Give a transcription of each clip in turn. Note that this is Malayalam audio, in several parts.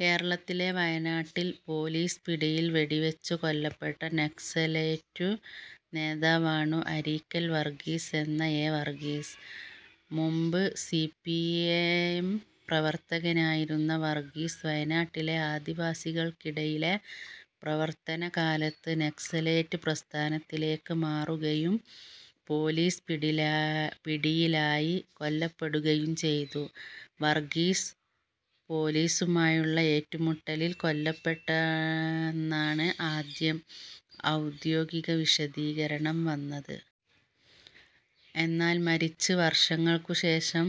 കേരളത്തിലെ വയനാട്ടിൽ പോലീസ് പിടിയിൽ വെടിവെച്ചു കൊല്ലപ്പെട്ട നക്സലൈറ്റു് നേതാവാണു് അരീക്കൽ വർഗ്ഗീസ് എന്ന എ. വർഗ്ഗീസ്. മുൻപ് സി. പി. ഐ. എം പ്രവർത്തകനായിരുന്ന വർഗ്ഗീസ്, വയനാട്ടിലെ ആദിവസികൾക്കിടയിലെ പ്രവർത്തന കാലത്ത് നക്സലൈറ്റ് പ്രസ്ഥാനത്തിലേക്ക് മാറുകയും. പോലീസ് പിടിയിലായി കൊല്ലപ്പെടുകയും ചെയ്തു. വർഗ്ഗീസ് പോലീസുമായുള്ള ഏറ്റുമുട്ടലിൽ കൊല്ലപ്പെട്ടെന്നാണ് ആദ്യം ഔദ്യോഗികവിശദീകരണം വന്നത്. എന്നാൽ മരിച്ച് വർഷങ്ങൾക്കു ശേഷം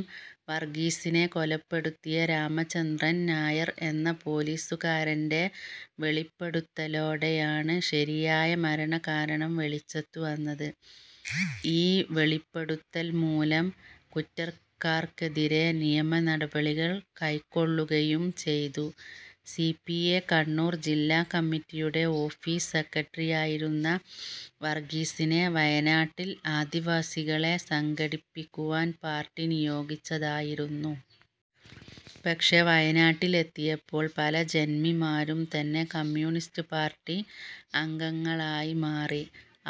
വർഗ്ഗീസിനെ കൊലപ്പെടുത്തിയ രാമചന്ദ്രൻ നായർ എന്ന പോലീസുകാരന്റെ വെളിപ്പെടുത്തലോടെയാണ് ശരിയായ മരണകാരണം വെളിച്ചത്തുവന്നത്. ഈ വെളിപ്പെടുത്തൽ മൂലം കുറ്റക്കാർക്കെതിരെ നിയമനടപടികൾ കൈക്കൊള്ളുകയും ചെയ്തു. സി. പി. ഐ കണ്ണൂർ ജില്ലാ കമ്മിറ്റിയുടെ ഓഫീസ് സെക്രട്ടറിയായിരുന്ന വർഗ്ഗീസിനെ വയനാട്ടിൽ ആദിവാസികളെ സംഘടിപ്പിക്കുവാൻ പാർട്ടി നിയോഗിച്ചതായിരുന്നു. പക്ഷേ വയനാട്ടിൽ എത്തിയപ്പോൾ പല ജന്മിമാരും തന്നെ കമ്യൂണിസ്റ്റ് പാർട്ടി അംഗങ്ങളായി മാറി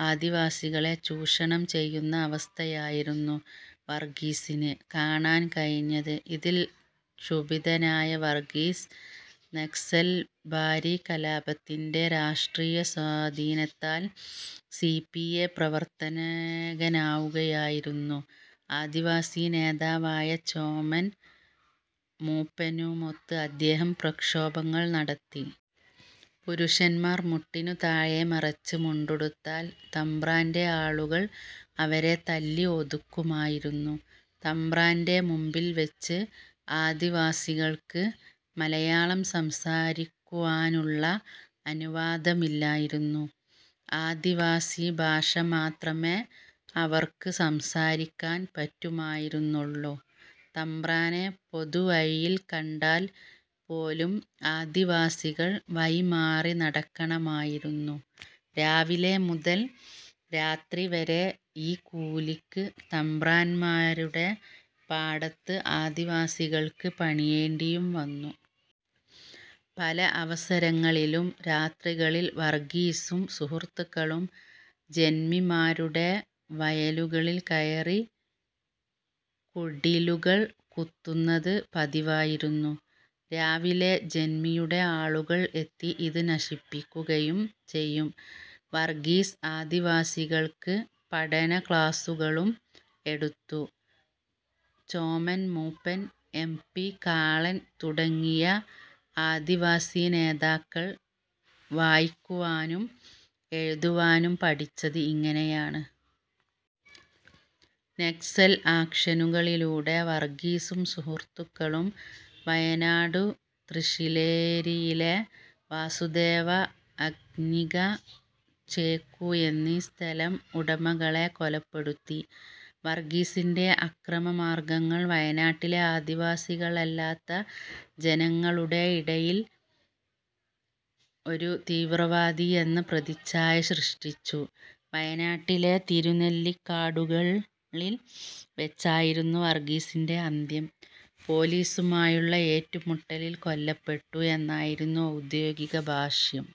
ആദിവാസികളെ ചൂഷണം ചെയ്യുന്ന അവസ്ഥയായിരുന്നു വർഗ്ഗീസിന് കാണാൻ കഴിഞ്ഞത്. ഇതിൽ ക്ഷുബ്ധനായ വർഗ്ഗീസ്, നക്സൽബാരി കലാപത്തിന്റെ രാഷ്ട്രീയസ്വാധീനത്താൽ സി. പി. ഐ പ്രവർത്തകനാവുകയായിരുന്നു. ആദിവാസി നേതാവായ ചോമൻ മൂപ്പനുമൊത്ത് അദ്ദേഹം പ്രക്ഷോഭങ്ങൾ നടത്തി. പുരുഷന്മാർ മുട്ടിനു താഴെ മറച്ച് മുണ്ടുടുത്താൽ തമ്പ്രാന്റെ ആളുകൾ അവരെ തല്ലി ഒതുക്കുമായിരുന്നു. തമ്പ്രാന്റെ മുമ്പിൽ വെച്ച് ആദിവാസികൾക്ക് മലയാളം സംസാരിക്കുവാനുള്ള അനുവാദമില്ലായിരുന്നു. ആദിവാസി ഭാഷ മാത്രമേ അവർക്ക് സംസാരിക്കാൻ പറ്റുമായിരുന്നുള്ളൂ. തമ്പ്രാനെ പൊതുവഴിയിൽ കണ്ടാൽ പോലും ആദിവാസികൾ വഴിമാറി നടക്കണമായിരുന്നു. രാവിലെ മുതൽ രാത്രിവരെ ഈ കൂലിക്ക് തമ്പ്രാന്മാരുടെ പാടത്ത് ആദിവാസികൾക്ക് പണിയേണ്ടിയും വന്നു. പല അവസരങ്ങളിലും രാത്രികളിൽ വർഗ്ഗീസും സുഹൃത്തുക്കളും ജന്മിമാരുടെ വയലുകളിൽ കയറി കുടിലുകൾ കുത്തുന്നത് പതിവായിരുന്നു. രാവിലെ ജന്മിയുടെ ആളുകൾ എത്തി ഇത് നശിപ്പിക്കുകയും ചെയ്യും. വർഗ്ഗീസ് ആദിവാസികൾക്ക് പഠന ക്ലാസുകളും എടുത്തു. ചോമൻ മൂപ്പൻ, എം. പി. കാളൻ തുടങ്ങിയ ആദിവാസി നേതാക്കൾ വായിക്കുവാനും എഴുതുവാനും പഠിച്ചത് ഇങ്ങനെയാണ്. നക്സൽ ആക്ഷനുകളിലൂടെ വർഗ്ഗീസും സുഹൃത്തുക്കളും വയനാടു് ത്രിശ്ശില്ലേരിയിലെ വസുദേവ അഡിഗ, ചേക്കു എന്നീ സ്ഥലം ഉടമകളെ കൊലപ്പെടുത്തി. വർഗ്ഗീസിന്റെ അക്രമ മാർഗ്ഗങ്ങൾ വയനാട്ടിലെ ആദിവാസികളല്ലാത്ത ജനങ്ങളുടെയിടയിൽ ഒരു തീവ്രവാദി എന്ന പ്രതിച്ഛായ സൃഷ്ടിച്ചു. വയനാട്ടിലെ തിരുനെല്ലിക്കാടുകളിൽ വെച്ചായിരുന്നു വർഗ്ഗീസിന്റെ അന്ത്യം. പോലീസുമായുള്ള ഏറ്റുമുട്ടലിൽ കൊല്ലപ്പെട്ടു എന്നായിരുന്നു ഔദ്യോഗിക ഭാഷ്യം.